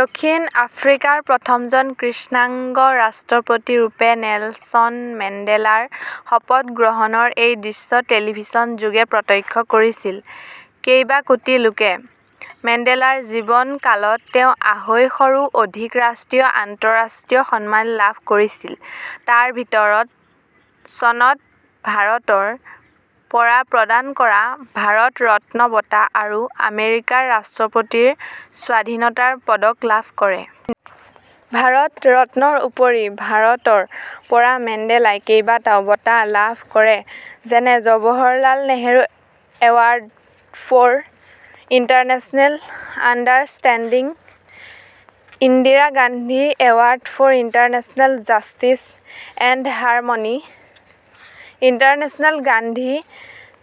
দক্ষিণ আফ্ৰিকাৰ প্ৰথমজন কৃষ্ণাংগ ৰাষ্ট্ৰপতিৰূপে নেলছন মেণ্ডেলাৰ শপতগ্ৰহণৰ এই দৃশ্য টেলিভিছনযোগে প্ৰত্যক্ষ কৰিছিল কেইবাকোটি লোকে। মেণ্ডেলাৰ জীৱন কালত তেওঁ আঢ়ৈশৰো অধিক ৰাষ্ট্ৰীয়-আন্তঃৰাষ্ট্ৰীয় সন্মান লাভ কৰিছিল। তাৰ ভিতৰত চনত ভাৰতৰ পৰা প্ৰদান কৰা 'ভাৰত ৰত্ন' বঁটা আৰু আমেৰিকাৰ ৰাষ্ট্ৰপতিৰ স্বাধীনতাৰ পদক লাভ কৰে। ভাৰত ৰত্ন'ৰ উপৰি ভাৰতৰ পৰা মেণ্ডেলাই কেইবাটাও বঁটা লাভ কৰে যেনে- Jawaharlal Nehru award for international understanding, Indira Gandhi award for international justice and harmony, international Gandhi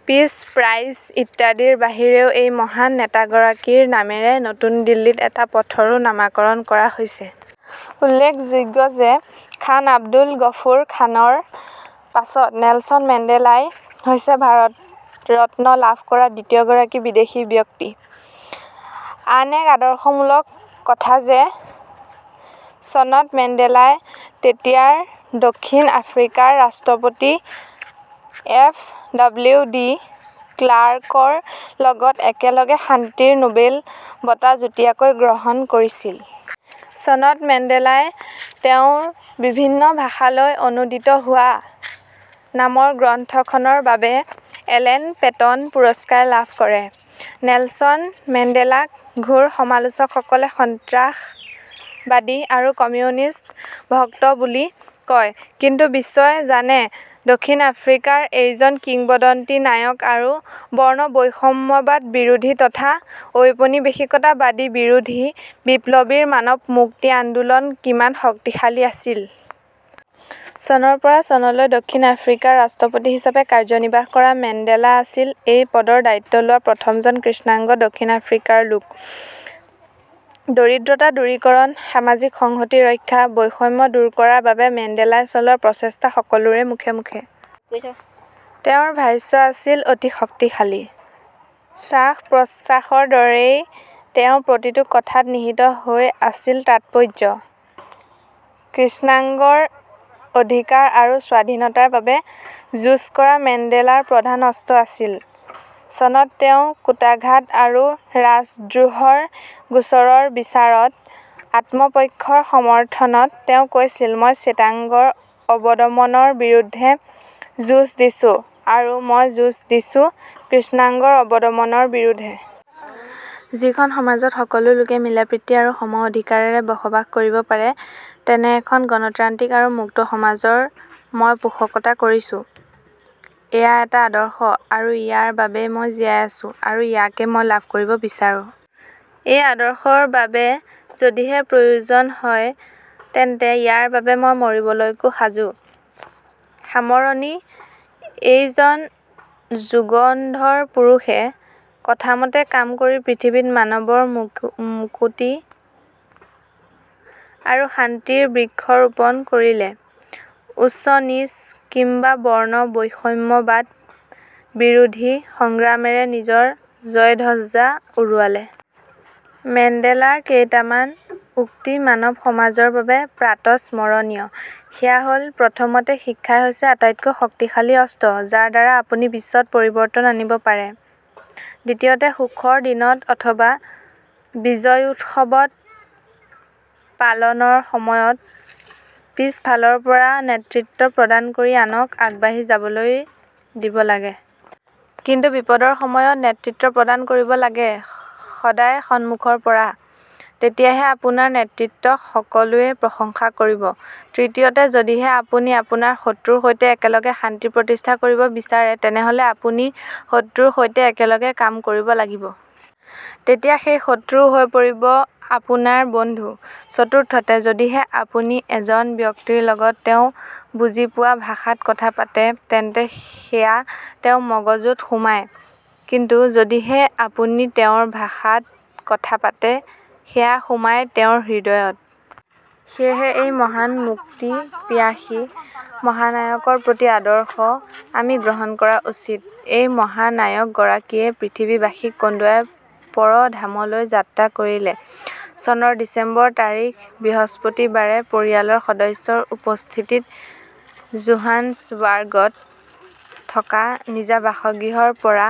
peace prize ইত্যাদিৰ বাহিৰেও এই মহান নেতাগৰাকীৰ নামেৰে নতুন দিল্লীত এটা পথৰো নামাকৰণ কৰা হৈছে। উল্লেখযোগ্য যে খান আব্দুল গফুৰ খানৰ পাছত নেলছন মেণ্ডেলাই হৈছে 'ভাৰত ৰত্ন' লাভ কৰা দ্বিতীয়গৰাকী বিদেশী ব্যক্তি। আন এক আদৰ্শমূলক কথা যে চনত মেণ্ডেলাই তেতিয়াৰ দক্ষিণ আফ্ৰিকাৰ ৰাষ্ট্ৰপতি এফ ডব্লিউ ডি ক্লাৰ্কৰ লগত একেলগে শান্তিৰ নোবেল বঁটা যুটীয়াকৈ গ্ৰহণ কৰিছিল। চনত মেণ্ডেলাই তেওঁৰ বিভিন্ন ভাষালৈ অনুদিত হোৱা "' নামৰ গ্ৰন্থখনৰ বাবে এলেন পেটন পুৰস্কাৰ লাভ কৰে। নেলছন মেণ্ডেলাক ঘোৰ সমালোচকসকলে সন্ত্ৰাসবাদী আৰু কমিউনিষ্ট ভক্ত বুলি কয়। কিন্তু বিশ্বই জানে দক্ষিণ আফ্ৰিকাৰ এইজন কিংবদন্তি নায়ক আৰু বৰ্ণবৈষম্যবাদবিৰোধী তথা ঔপনিবেশিকতাবাদবিৰোধী বিপ্লৱীৰ মানৱ মুক্তি আন্দোলন কিমান শক্তিশালী আছিল। চনৰ পৰা চনলৈ দক্ষিণ আফ্ৰিকাৰ ৰাষ্ট্ৰপতি হিচাপে কাৰ্যনিৰ্বাহ কৰা মেণ্ডেলা আছিল এই পদৰ দায়িত্ব লোৱা প্ৰথমজন কৃষ্ণাংগ দক্ষিণ আফ্ৰিকাৰ লোক। দৰিদ্ৰতা দূৰীকৰণ, সামাজিক সংহতি ৰক্ষা, বৈষম্য দূৰ কৰাৰ বাবে মেণ্ডেলাই চলোৱা প্ৰচেষ্টা সকলোৰে মুখে মুখে। তেওঁৰ ভাষ্য আছিল অতি শক্তিশালী। শ্বাস-প্ৰশ্বাসৰ দৰেই তেওঁৰ প্ৰতিটো কথাত নিহিত হৈ আছিল তাৎপৰ্য। কৃষ্ণাংগৰ অধিকাৰ আৰু স্বাধীনতাৰ বাবে যুঁজ কৰা মেণ্ডেলাৰ প্ৰধান অস্ত্ৰ আছিল। চনত তেওঁৰ কুটাঘাত আৰু ৰাজদ্ৰোহৰ গোচৰৰ বিচাৰত আত্মপক্ষৰ সমৰ্থনত তেওঁ কৈছিল- 'মই শ্বেতাংগৰ অৱদমনৰ বিৰুদ্ধে যুঁজ দিছোঁ আৰু মই যুঁজ দিছোঁ কৃষ্ণাংগৰ অৱনমনৰ বিৰুদ্ধে। যিখন সমাজত সকলো লোকে মিলাপ্ৰীতি আৰু সম অধিকাৰেৰে বসবাস কৰিব পাৰে। তেনে এখন গণতান্ত্ৰিক আৰু মুক্ত সমাজৰ মই পোষকতা কৰিছোঁ। এয়া এটা আদৰ্শ আৰু ইয়াৰ বাবেই মই জীয়াই আছোঁ আৰু ইয়াকে মই লাভ কৰিব বিচাৰোঁ। এই আদৰ্শৰ বাবে যদিহে প্ৰয়োজন হয়, তেন্তে ইয়াৰ বাবে মই মৰিবলৈকো সাজু। সামৰণি এইজন যুগন্ধৰ পুৰুষে কথামতে কাম কৰি পৃথিৱীত মানৱৰ মুকতি আৰু শান্তিৰ বৃক্ষ ৰোপণ কৰিলে। উচ্চ-নীচ কিম্বা বৰ্ণবৈষম্যবাদ বিৰোধী সংগ্ৰামেৰে নিজৰ জয়ধ্বজা উৰুৱালে। মেণ্ডেলাৰ কেইটামান উক্তি মানৱ সমাজৰ বাবে প্ৰাতঃস্মৰণীয়, সেয়া হ'ল- প্ৰথমতে, "শিক্ষাই হৈছে আটাইতকৈ শক্তিশালী অস্ত্ৰ, যাৰ দ্বাৰা আপুনি বিশ্বত পৰিৱৰ্তন আনিব পাৰে। ' দ্বিতীয়তে, সুখৰ দিনত অথবা বিজয়োৎসৱ পালনৰ সময়ত পিচফালৰ পৰা নেতৃত্ব প্ৰদান কৰি আনক আগবাঢ়ি যাবলৈ দিব লাগে। কিন্তু বিপদৰ সময়ত নেতৃত্ব প্ৰদান কৰিব লাগে সদায় সন্মুখৰ পৰা। তেতিয়াহে আপোনাৰ নেতৃত্বত সকলোৱে প্ৰশংসা কৰিব। ' তৃতীয়তে, 'যদিহে আপুনি আপোনাৰ শত্ৰুৰ সৈতে একেলগে শান্তি প্ৰতিষ্ঠা কৰিব বিচাৰে, তেনেহ'লে আপুনি শত্ৰুৰ সৈতে একেলগে কাম কৰিব লাগিব। তেতিয়া সেই শত্ৰুও হৈ পৰিব আপোনাৰ বন্ধু। ' চতুৰ্থতে, 'যদিহে আপুনি এজন ব্যক্তিৰ লগত তেওঁ বুজি পোৱা ভাষাত কথা পাতে, তেন্তে সেয়া তেওঁৰ মগজুত সোমায়। কিন্তু যদিহে আপুনি তেওঁৰ ভাষাত কথা পাতে সেয়া সোমায় তেওঁৰ হৃদয়ত। ' সেয়েহে এই মহান মুক্তিপিয়াসী মহানায়কৰ প্ৰতি আদৰ্শ আমি গ্ৰহণ কৰা উচিত। এই মহানায়কগৰাকীয়ে পৃথিৱীবাসীক কন্দুৱাই পৰধামলৈ যাত্ৰা কৰিলে চনৰ ডিচেম্বৰ তাৰিখ বৃহস্পতিবাৰে পৰিয়ালৰ সদস্যৰ উপস্থিতিত জোহান্সবাৰ্গত থকা নিজা বাসগৃহৰ পৰা।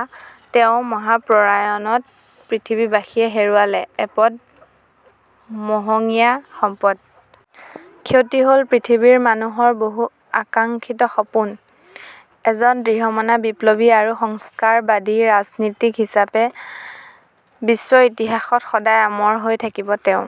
তেওঁ মহাপ্ৰয়াণত পৃথিৱীবাসীয়ে হেৰুৱালে এপদ মহঙীয়া সম্পদ। ক্ষতি হ'ল পৃথিৱীৰ মানুহৰ বহু আকাংক্ষিত সপোন। এজন দৃঢ়মনা বিপ্লৱী আৰু সংস্কাৰবাদী ৰাজনীতিক হিচাপে বিশ্ব ইতিহাসত সদায় অমৰ হৈ থাকিব তেওঁ।